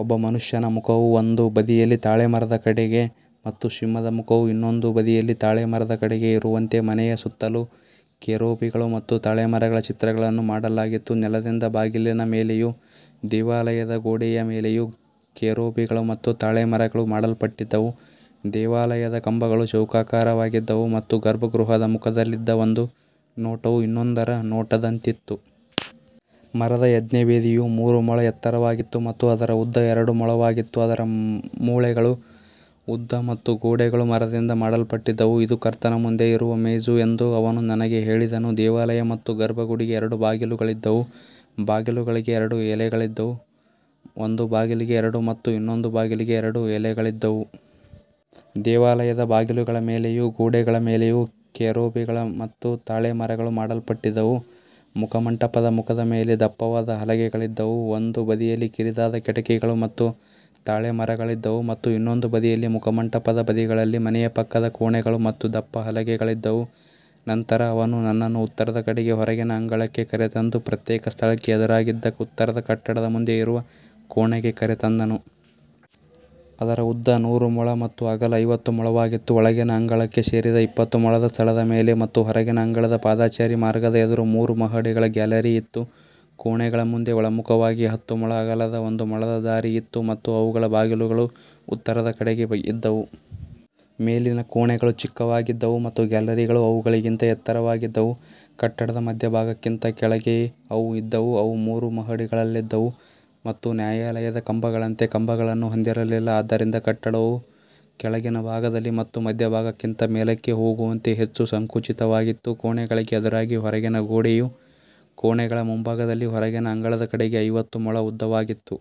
ಒಬ್ಬ ಮನುಷ್ಯನ ಮುಖವು ಒಂದು ಬದಿಯಲ್ಲಿ ತಾಳೆಮರದ ಕಡೆಗೆ ಮತ್ತು ಸಿಂಹದ ಮುಖವು ಇನ್ನೊಂದು ಬದಿಯಲ್ಲಿ ತಾಳೆಮರದ ಕಡೆಗೆ ಇರುವಂತೆ ಮನೆಯ ಸುತ್ತಲೂ ಕೆರೂಬಿಗಳು ಮತ್ತು ತಾಳೆಮರಗಳ ಚಿತ್ರಗಳನ್ನು ಮಾಡಲಾಗಿತ್ತು. ನೆಲದಿಂದ ಬಾಗಿಲಿನ ಮೇಲೆಯೂ ದೇವಾಲಯದ ಗೋಡೆಯ ಮೇಲೆಯೂ ಕೆರೂಬಿಗಳು ಮತ್ತು ತಾಳೆಮರಗಳು ಮಾಡಲ್ಪಟ್ಟಿದ್ದವು. ದೇವಾಲಯದ ಕಂಬಗಳು ಚೌಕಾಕಾರವಾಗಿದ್ದವು ಮತ್ತು ಗರ್ಭಗೃಹದ ಮುಖದಲ್ಲಿದ್ದ ಒಂದು ನೋಟವು ಇನ್ನೊಂದರ ನೋಟದಂತಿತ್ತು. ಮರದ ಯಜ್ಞವೇದಿಯು ಮೂರು ಮೊಳ ಎತ್ತರವಾಗಿತ್ತು ಮತ್ತು ಅದರ ಉದ್ದ ಎರಡು ಮೊಳವಾಗಿತ್ತು. ಅದರ ಮೂಲೆಗಳು, ಉದ್ದ ಮತ್ತು ಗೋಡೆಗಳು ಮರದಿಂದ ಮಾಡಲ್ಪಟ್ಟಿದ್ದವು. ಇದು ಕರ್ತನ ಮುಂದೆ ಇರುವ ಮೇಜು ಎಂದು ಅವನು ನನಗೆ ಹೇಳಿದನು. ದೇವಾಲಯ ಮತ್ತು ಗರ್ಭಗುಡಿಗೆ ಎರಡು ಬಾಗಿಲುಗಳಿದ್ದವು. ಬಾಗಿಲುಗಳಿಗೆ ಎರಡು ಎಲೆಗಳಿದ್ದು, ಒಂದು ಬಾಗಿಲಿಗೆ ಎರಡು ಮತ್ತು ಇನ್ನೊಂದು ಬಾಗಿಲಿಗೆ ಎರಡು ಎಲೆಗಳಿದ್ದವು. ದೇವಾಲಯದ ಬಾಗಿಲುಗಳ ಮೇಲೆಯೂ ಗೋಡೆಗಳ ಮೇಲೆಯೂ ಕೆರೂಬಿಗಳು ಮತ್ತು ತಾಳೆಮರಗಳು ಮಾಡಲ್ಪಟ್ಟಿದ್ದವು. ಮುಖಮಂಟಪದ ಮುಖದ ಮೇಲೆ ದಪ್ಪವಾದ ಹಲಗೆಗಳಿದ್ದವು. ಒಂದು ಬದಿಯಲ್ಲಿ ಕಿರಿದಾದ ಕಿಟಕಿಗಳು ಮತ್ತು ತಾಳೆಮರಗಳಿದ್ದವು ಮತ್ತು ಇನ್ನೊಂದು ಬದಿಯಲ್ಲಿ ಮುಖಮಂಟಪದ ಬದಿಗಳಲ್ಲಿ ಮನೆಯ ಪಕ್ಕದ ಕೋಣೆಗಳು ಮತ್ತು ದಪ್ಪ ಹಲಗೆಗಳಿದ್ದವು. ನಂತರ ಅವನು ನನ್ನನ್ನು ಉತ್ತರದ ಕಡೆಗೆ ಹೊರಗಿನ ಅಂಗಳಕ್ಕೆ ಕರೆತಂದು, ಪ್ರತ್ಯೇಕ ಸ್ಥಳಕ್ಕೆ ಎದುರಾಗಿದ್ದ ಉತ್ತರದ ಕಟ್ಟಡದ ಮುಂದೆ ಇರುವ ಕೋಣೆಗೆ ಕರೆತಂದನು. ಅದರ ಉದ್ದ ನೂರು ಮೊಳ ಮತ್ತು ಅಗಲ ಐವತ್ತು ಮೊಳವಾಗಿತ್ತು. ಒಳಗಿನ ಅಂಗಳಕ್ಕೆ ಸೇರಿದ ಇಪ್ಪತ್ತು ಮೊಳದ ಸ್ಥಳದ ಮೇಲೆ ಮತ್ತು ಹೊರಗಿನ ಅಂಗಳದ ಪಾದಚಾರಿ ಮಾರ್ಗದ ಎದುರು ಮೂರು ಮಹಡಿಗಳ ಗ್ಯಾಲರಿ ಇತ್ತು. ಕೋಣೆಗಳ ಮುಂದೆ ಒಳಮುಖವಾಗಿ ಹತ್ತು ಮೊಳ ಅಗಲದ ಒಂದು ಮೊಳದ ದಾರಿ ಇತ್ತು ಮತ್ತು ಅವುಗಳ ಬಾಗಿಲುಗಳು ಉತ್ತರದ ಕಡೆಗೆ ಇದ್ದವು. ಮೇಲಿನ ಕೋಣೆಗಳು ಚಿಕ್ಕವಾಗಿದ್ದವು ಮತ್ತು ಗ್ಯಾಲರಿಗಳು ಅವುಗಳಿಗಿಂತ ಎತ್ತರವಾಗಿದ್ದವು. ಕಟ್ಟಡದ ಮಧ್ಯಭಾಗಕ್ಕಿಂತ ಕೆಳಗೆ ಅವು ಇದ್ದವು. ಅವು ಮೂರು ಮಹಡಿಗಳಲ್ಲಿದ್ದವು ಮತ್ತು ನ್ಯಾಯಾಲಯದ ಕಂಬಗಳಂತೆ ಕಂಬಗಳನ್ನು ಹೊಂದಿರಲಿಲ್ಲ. ಆದ್ದರಿಂದ ಕಟ್ಟಡವು ಕೆಳಗಿನ ಭಾಗದಲ್ಲಿ ಮತ್ತು ಮಧ್ಯಭಾಗಕ್ಕಿಂತ ಮೇಲಕ್ಕೆ ಹೋಗುವಂತೆ ಹೆಚ್ಚು ಸಂಕುಚಿತವಾಗಿತ್ತು. ಕೋಣೆಗಳಿಗೆ ಎದುರಾಗಿ ಹೊರಗಿನ ಗೋಡೆಯು ಕೋಣೆಗಳ ಮುಂಭಾಗದಲ್ಲಿ ಹೊರಗಿನ ಅಂಗಳದ ಕಡೆಗೆ ಐವತ್ತು ಮೊಳ ಉದ್ದವಾಗಿತ್ತು.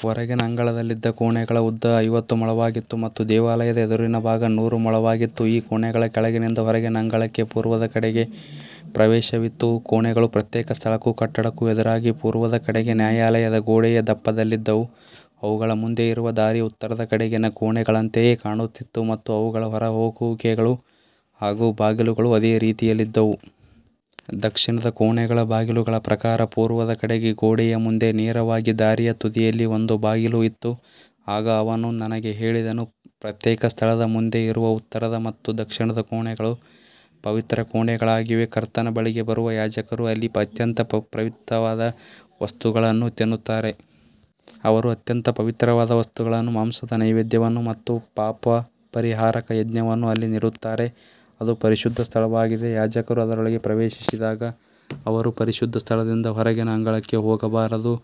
ಹೊರಗಿನ ಅಂಗಳದಲ್ಲಿದ್ದ ಕೋಣೆಗಳ ಉದ್ದ ಐವತ್ತು ಮೊಳವಾಗಿತ್ತು ಮತ್ತು ದೇವಾಲಯದ ಎದುರಿನ ಭಾಗ ನೂರು ಮೊಳವಾಗಿತ್ತು. ಈ ಕೋಣೆಗಳ ಕೆಳಗಿನಿಂದ ಹೊರಗಿನ ಅಂಗಳಕ್ಕೆ ಪೂರ್ವದ ಕಡೆಗೆ ಪ್ರವೇಶವಿತ್ತು. ಕೋಣೆಗಳು ಪ್ರತ್ಯೇಕ ಸ್ಥಳಕ್ಕೂ ಕಟ್ಟಡಕ್ಕೂ ಎದುರಾಗಿ ಪೂರ್ವದ ಕಡೆಗೆ ನ್ಯಾಯಾಲಯದ ಗೋಡೆಯ ದಪ್ಪದಲ್ಲಿದ್ದವು. ಅವುಗಳ ಮುಂದೆ ಇರುವ ದಾರಿ ಉತ್ತರದ ಕಡೆಗಿನ ಕೋಣೆಗಳಂತೆಯೇ ಕಾಣುತ್ತಿತ್ತು ಮತ್ತು ಅವುಗಳ ಹೊರಹೋಗುವಿಕೆಗಳು ಹಾಗೂ ಬಾಗಿಲುಗಳು ಅದೇ ರೀತಿಯಲ್ಲಿದ್ದವು. ದಕ್ಷಿಣದ ಕೋಣೆಗಳ ಬಾಗಿಲುಗಳ ಪ್ರಕಾರ ಪೂರ್ವದ ಕಡೆಗೆ ಗೋಡೆಯ ಮುಂದೆ ನೇರವಾಗಿ ದಾರಿಯ ತುದಿಯಲ್ಲಿ ಒಂದು ಬಾಗಿಲು ಇತ್ತು. ಆಗ ಅವನು ನನಗೆ ಹೇಳಿದನು, ಪ್ರತ್ಯೇಕ ಸ್ಥಳದ ಮುಂದೆ ಇರುವ ಉತ್ತರದ ಮತ್ತು ದಕ್ಷಿಣದ ಕೋಣೆಗಳು ಪವಿತ್ರ ಕೋಣೆಗಳಾಗಿವೆ. ಕರ್ತನ ಬಳಿಗೆ ಬರುವ ಯಾಜಕರು ಅಲ್ಲಿ ಅತ್ಯಂತ ಪವಿತ್ರವಾದ ವಸ್ತುಗಳನ್ನು ತಿನ್ನುತ್ತಾರೆ. ಅವರು ಅತ್ಯಂತ ಪವಿತ್ರವಾದ ವಸ್ತುಗಳನ್ನು, ಮಾಂಸದ ನೈವೇದ್ಯವನ್ನು ಮತ್ತು ಪಾಪಪರಿಹಾರಕ ಯಜ್ಞವನ್ನು ಅಲ್ಲಿ ಇಡುತ್ತಾರೆ. ಅದು ಪರಿಶುದ್ಧ ಸ್ಥಳವಾಗಿದೆ. ಯಾಜಕರು ಅದರೊಳಗೆ ಪ್ರವೇಶಿಸಿದಾಗ ಅವರು ಪರಿಶುದ್ಧ ಸ್ಥಳದಿಂದ ಹೊರಗಿನ ಅಂಗಳಕ್ಕೆ ಹೋಗಬಾರದು.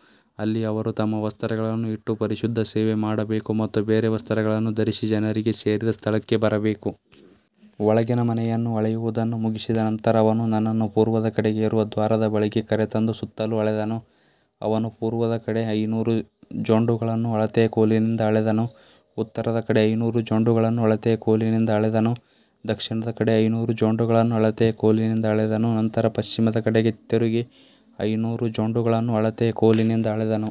ಅಲ್ಲಿ ಅವರು ತಮ್ಮ ವಸ್ತ್ರಗಳನ್ನು ಇಟ್ಟು ಪರಿಶುದ್ಧ ಸೇವೆ ಮಾಡಬೇಕು ಮತ್ತು ಬೇರೆ ವಸ್ತ್ರಗಳನ್ನು ಧರಿಸಿ ಜನರಿಗೆ ಸೇರಿದ ಸ್ಥಳಕ್ಕೆ ಬರಬೇಕು. ಒಳಗಿನ ಮನೆಯನ್ನು ಅಳೆಯುವುದನ್ನು ಮುಗಿಸಿದ ನಂತರ ಅವನು ನನ್ನನ್ನು ಪೂರ್ವದ ಕಡೆಗೆ ಇರುವ ದ್ವಾರದ ಬಳಿಗೆ ಕರೆತಂದು ಸುತ್ತಲೂ ಅಳೆದನು. ಅವನು ಪೂರ್ವದ ಕಡೆ ಐನೂರು ಜೊಂಡುಗಳನ್ನು ಅಳತೆಯ ಕೋಲಿನಿಂದ ಅಳೆದನು. ಉತ್ತರದ ಕಡೆ ಐನೂರು ಜೊಂಡುಗಳನ್ನು ಅಳತೆಯ ಕೋಲಿನಿಂದ ಅಳೆದನು. ದಕ್ಷಿಣದ ಕಡೆ ಐನೂರು ಜೊಂಡುಗಳನ್ನು ಅಳತೆಯ ಕೋಲಿನಿಂದ ಅಳೆದನು. ನಂತರ ಪಶ್ಚಿಮದ ಕಡೆಗೆ ತಿರುಗಿ ಐನೂರು ಜೊಂಡುಗಳನ್ನು ಅಳತೆಯ ಕೋಲಿನಿಂದ ಅಳೆದನು.